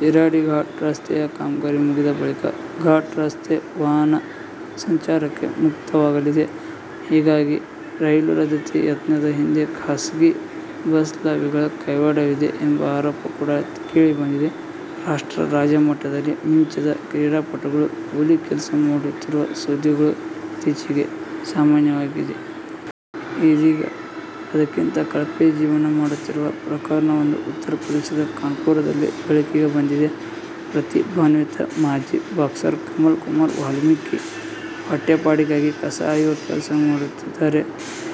ಶಿರಾಡಿ ಘಾಟ್ ರಸ್ತೆಯ ಕಾಮಗಾರಿ ಮುಗಿದ ಬಳಿಕ ಘಾಟ್ ರಸ್ತೆ ವಾಹನ ಸಂಚಾರಕ್ಕೆ ಮುಕ್ತವಾಗಲಿದೆ. ಹೀಗಾಗಿ ರೈಲು ರದ್ಧತಿ ಯತ್ನದ ಹಿಂದೆ ಖಾಸಗಿ ಬಸ್ ಲಾಬಿಗಳ ಕೈವಾಡವಿದೆ ಎಂಬ ಆರೋಪ ಕೂಡ ಕೇಳಿಬಂದಿದೆ. ರಾಷ್ಟ್ರ, ರಾಜ್ಯ ಮಟ್ಟದಲ್ಲಿ ಮಿಂಚಿದ ಕ್ರೀಡಾ ಪಟುಗಳು ಕೂಲಿ ಕೆಲಸ ಮಾಡುತ್ತಿರುವ ಸುದ್ದಿಗಳು ಇತ್ತೀಚೆಗೆ ಸಾಮಾನ್ಯವಾಗಿದೆ. ಇದೀಗ ಅದಕ್ಕಿಂತ ಕಳಪೆ ಜೀವನ ಮಾಡುತ್ತಿರುವ ಪ್ರಕರಣವೊಂದು ಉತ್ತರಪ್ರದೇಶದ ಕಾನ್ಪುರದಲ್ಲಿ ಬೆಳಕಿಗೆ ಬಂದಿದೆ. ಪ್ರತಿಭಾನ್ವಿತ ಮಾಜಿ ಬಾಕ್ಸರ್ ಕಮಲ್ ಕುಮಾರ್ ವಾಲ್ಮೀಕಿ ಹೊಟ್ಟೆ ಪಾಡಿಗಾಗಿ ಕಸ ಆಯುವ ಕೆಲಸ ಮಾಡುತ್ತಿದ್ದಾರೆ.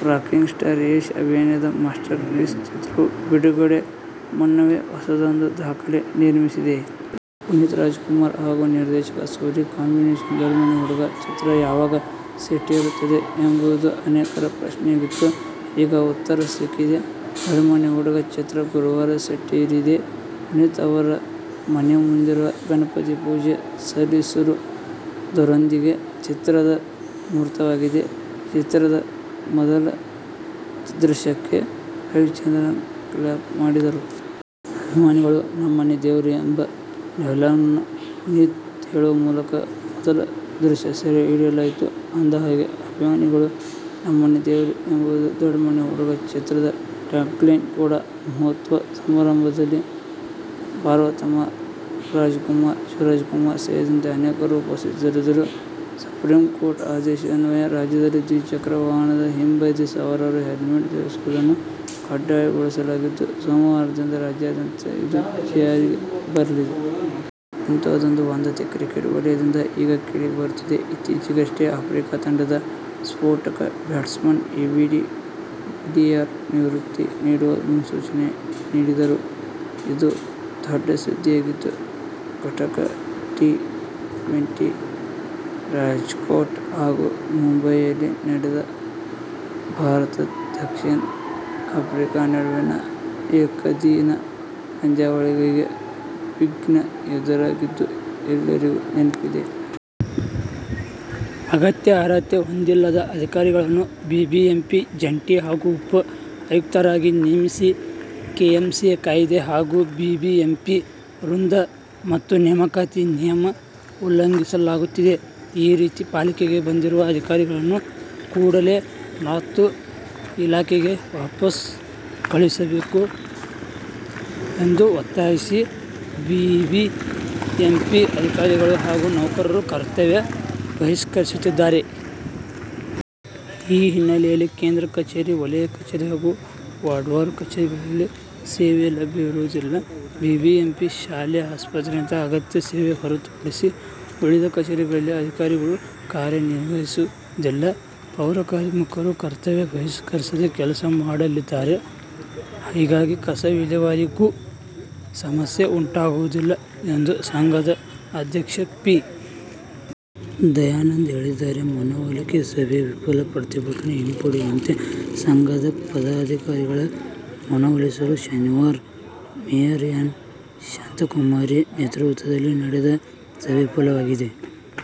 ರಾಕಿಂಗ್ ಸ್ಟಾರ್ ಯಶ್ ಅಭಿನಯದ ಮಾಸ್ಟರ್ ಪೀಸ್ ಚಿತ್ರವು ಬಿಡುಗಡೆ ಮುನ್ನವೇ ಹೊಸದೊಂದು ದಾಖಲೆ ನಿರ್ಮಿಸಿದೆ. ಪುನೀತ್ ರಾಜ್ಕುಮಾರ್ ಹಾಗೂ ನಿರ್ದೇಶಕ ಸೂರಿ ಕಾಂಬಿನೇಶನ್ನ "ದೊಡ್ಮನೆ ಹುಡುಗ' ಚಿತ್ರ ಯಾವಾಗ ಸೆಟ್ಟೇರುತ್ತದೆ ಎಂಬುದು ಅನೇಕರ ಪ್ರಶ್ನೆಯಾಗಿತ್ತು. ಈಗ ಉತ್ತರ ಸಿಕ್ಕಿದೆ. "ದೊಡ್ಮನೆ ಹುಡುಗ' ಚಿತ್ರ ಗುರುವಾರ ಸೆಟ್ಟೇರಿದೆ. ಪುನೀತ್ ಅವರ ಮನೆಯ ಮುಂದಿರುವ ಗಣಪತಿಗೆ ಪೂಜೆ ಸಲ್ಲಿಸುವುದರೊಂದಿಗೆ ಚಿತ್ರದ ಮುಹೂರ್ತವಾಗಿದೆ. ಚಿತ್ರದ ಮೊದಲ ದೃಶ್ಯಕ್ಕೆ ರವಿಚಂದ್ರನ್ ಕ್ಲಾಪ್ ಮಾಡಿದರು. "ಅಭಿಮಾನಿಗಳು ನಮ್ಮನೆ ದೇವ್ರು' ಎಂಬ ಡೈಲಾಗನ್ನು ಪುನೀತ್ ಹೇಳುವ ಮೂಲಕ ಮೊದಲ ದೃಶ್ಯ ಸೆರೆ ಹಿಡಿಯಲಾಯಿತು. ಅಂದಹಾಗೆ, "ಅಭಿಮಾನಿಗಳು ನಮ್ಮನೆ ದೇವ್ರು' ಎಂಬುದು "ದೊಡ್ಮನೆ ಹುಡುಗ' ಚಿತ್ರದ ಟ್ಯಾಗ್ಲೈನ್ ಕೂಡಾ. ಮುಹೂರ್ತ ಸಮಾರಂಭದಲ್ಲಿ ಪಾರ್ವತಮ್ಮ ರಾಜ್ಕುಮಾರ್, ಶಿವರಾಜ್ ಕುಮಾರ್ ಸೇರಿದಂತೆ ಅನೇಕರು ಉಪಸ್ಥಿತರಿದ್ದರು. ಸುಪ್ರೀಂಕೋರ್ಟ್ ಆದೇಶದನ್ವಯ ರಾಜ್ಯದಲ್ಲಿ ದ್ವಿಚಕ್ರ ವಾಹನದ ಹಿಂಬದಿ ಸವಾರರೂ ಹೆಲ್ಮೆಟ್ ಧರಿಸುವುದನ್ನು ಕಡ್ಡಾಯಗೊಳಿಸಲಾಗಿದ್ದು, ಸೋಮವಾರದಿಂದ ರಾಜ್ಯಾದ್ಯಂತ ಇದು ಜಾರಿಗೆ ಬರಲಿದೆ. ಇಂತಹದೊಂದು ವದಂತಿ ಕ್ರಿಕೆಟ್ ವಲಯದಿಂದ ಈಗ ಕೇಳಿಬರುತ್ತಿದೆ. ಇತ್ತೀಚೆಗಷ್ಟೇ ಆಫ್ರಿಕಾ ತಂಡದ ಸ್ಫೋಟಕ ಬ್ಯಾಟ್ಸ್ಮನ್ ಎಬಿಡಿ ವಿಲಿಯರ್ ನಿವೃತ್ತಿ ನೀಡುವ ಮುನ್ಸೂಚನೆ ನೀಡಿದ್ದರು. ಇದು ದೊಡ್ಡ ಸುದ್ದಿಯಾಗಿತ್ತು. ಕಟಕ್ ಟಿ-ಟ್ವೆಂಟಿ, ರಾಜ್ಕೋಟ್ ಹಾಗೂ ಮುಂಬಯಿ ಯಲ್ಲಿ ನಡೆದ ಭಾರತ-ದಕ್ಷಿಣ ಆಫ್ರಿಕಾ ನಡುವಿನ ಏಕದಿನ ಪಂದ್ಯಗಳಿಗೆ ವಿಘ್ನ ಎದುರಾಗಿದ್ದು ಎಲ್ಲರಿಗೂ ನೆನಪಿದೆ. ಅಗತ್ಯ ಅರ್ಹತೆ ಹೊಂದಿಲ್ಲದ ಅಧಿಕಾರಿಗಳನ್ನು ಬಿಬಿಎಂಪಿ ಜಂಟಿ ಹಾಗೂ ಉಪ ಆಯುಕ್ತರಾಗಿ ನೇಮಿಸಿ ಕೆಎಂಸಿ ಕಾಯ್ದೆ ಹಾಗೂ ಬಿಬಿಎಂಪಿ ವೃಂದ ಮತ್ತು ನೇಮಕಾತಿ ನಿಯಮ ಉಲ್ಲಂಘಿಸಲಾಗುತ್ತಿದೆ. ಈ ರೀತಿ ಪಾಲಿಕೆಗೆ ಬಂದಿರುವ ಅಧಿಕಾರಿಗಳನ್ನು ಕೂಡಲೇ ಮಾತೃ ಇಲಾಖೆಗೆ ವಾಪಸ್ ಕಳುಹಿಸಬೇಕು ಎಂದು ಒತ್ತಾಯಿಸಿ ಬಿಬಿಎಂಪಿ ಅಧಿಕಾರಿಗಳು ಹಾಗೂ ನೌಕರರು ಕರ್ತವ್ಯ ಬಹಿಷ್ಕರಿಸುತ್ತಿದ್ದಾರೆ. ಈ ಹಿನ್ನೆಲೆಯಲ್ಲಿ ಕೇಂದ್ರ ಕಚೇರಿ, ವಲಯ ಕಚೇರಿ ಹಾಗೂ ವಾರ್ಡ್ವಾರು ಕಚೇರಿಗಳಲ್ಲಿ ಸೇವೆ ಲಭ್ಯವಿರುವುದಿಲ್ಲ. ಬಿಬಿಎಂಪಿ ಶಾಲೆ, ಆಸ್ಪತ್ರೆಯಂತಹ ಅಗತ್ಯ ಸೇವೆ ಹೊರತುಪಡಿಸಿ ಉಳಿದ ಕಚೇರಿಗಳಲ್ಲಿ ಅಧಿಕಾರಿಗಳು ಕಾರ್ಯನಿರ್ವಹಿಸುವುದಿಲ್ಲ. ಪೌರಕಾರ್ಮಿಕರು ಕರ್ತವ್ಯ ಬಹಿಷ್ಕರಿಸದೆ ಕೆಲಸ ಮಾಡಲಿದ್ದಾರೆ. ಹೀಗಾಗಿ ಕಸ ವಿಲೇವಾರಿಗೂ ಸಮಸ್ಯೆ ಉಂಟಾಗುವುದಿಲ್ಲ ಎಂದು ಸಂಘದ ಅಧ್ಯಕ್ಷ ಪಿ. ದಯಾನಂದ್ ಹೇಳಿದ್ದಾರೆ. ಮನವೊಲಿಕೆ ಸಭೆ ವಿಫಲ: ಪ್ರತಿಭಟನೆ ಹಿಂಪಡೆಯುವಂತೆ ಸಂಘದ ಪದಾಧಿಕಾರಿಗಳ ಮನವೊಲಿಸಲು ಶನಿವಾರ ಮೇಯರ್ ಎನ್. ಶಾಂತಕುಮಾರಿ ನೇತೃತ್ವದಲ್ಲಿ ನಡೆದ ಸಭೆ ವಿಫಲವಾಗಿದೆ.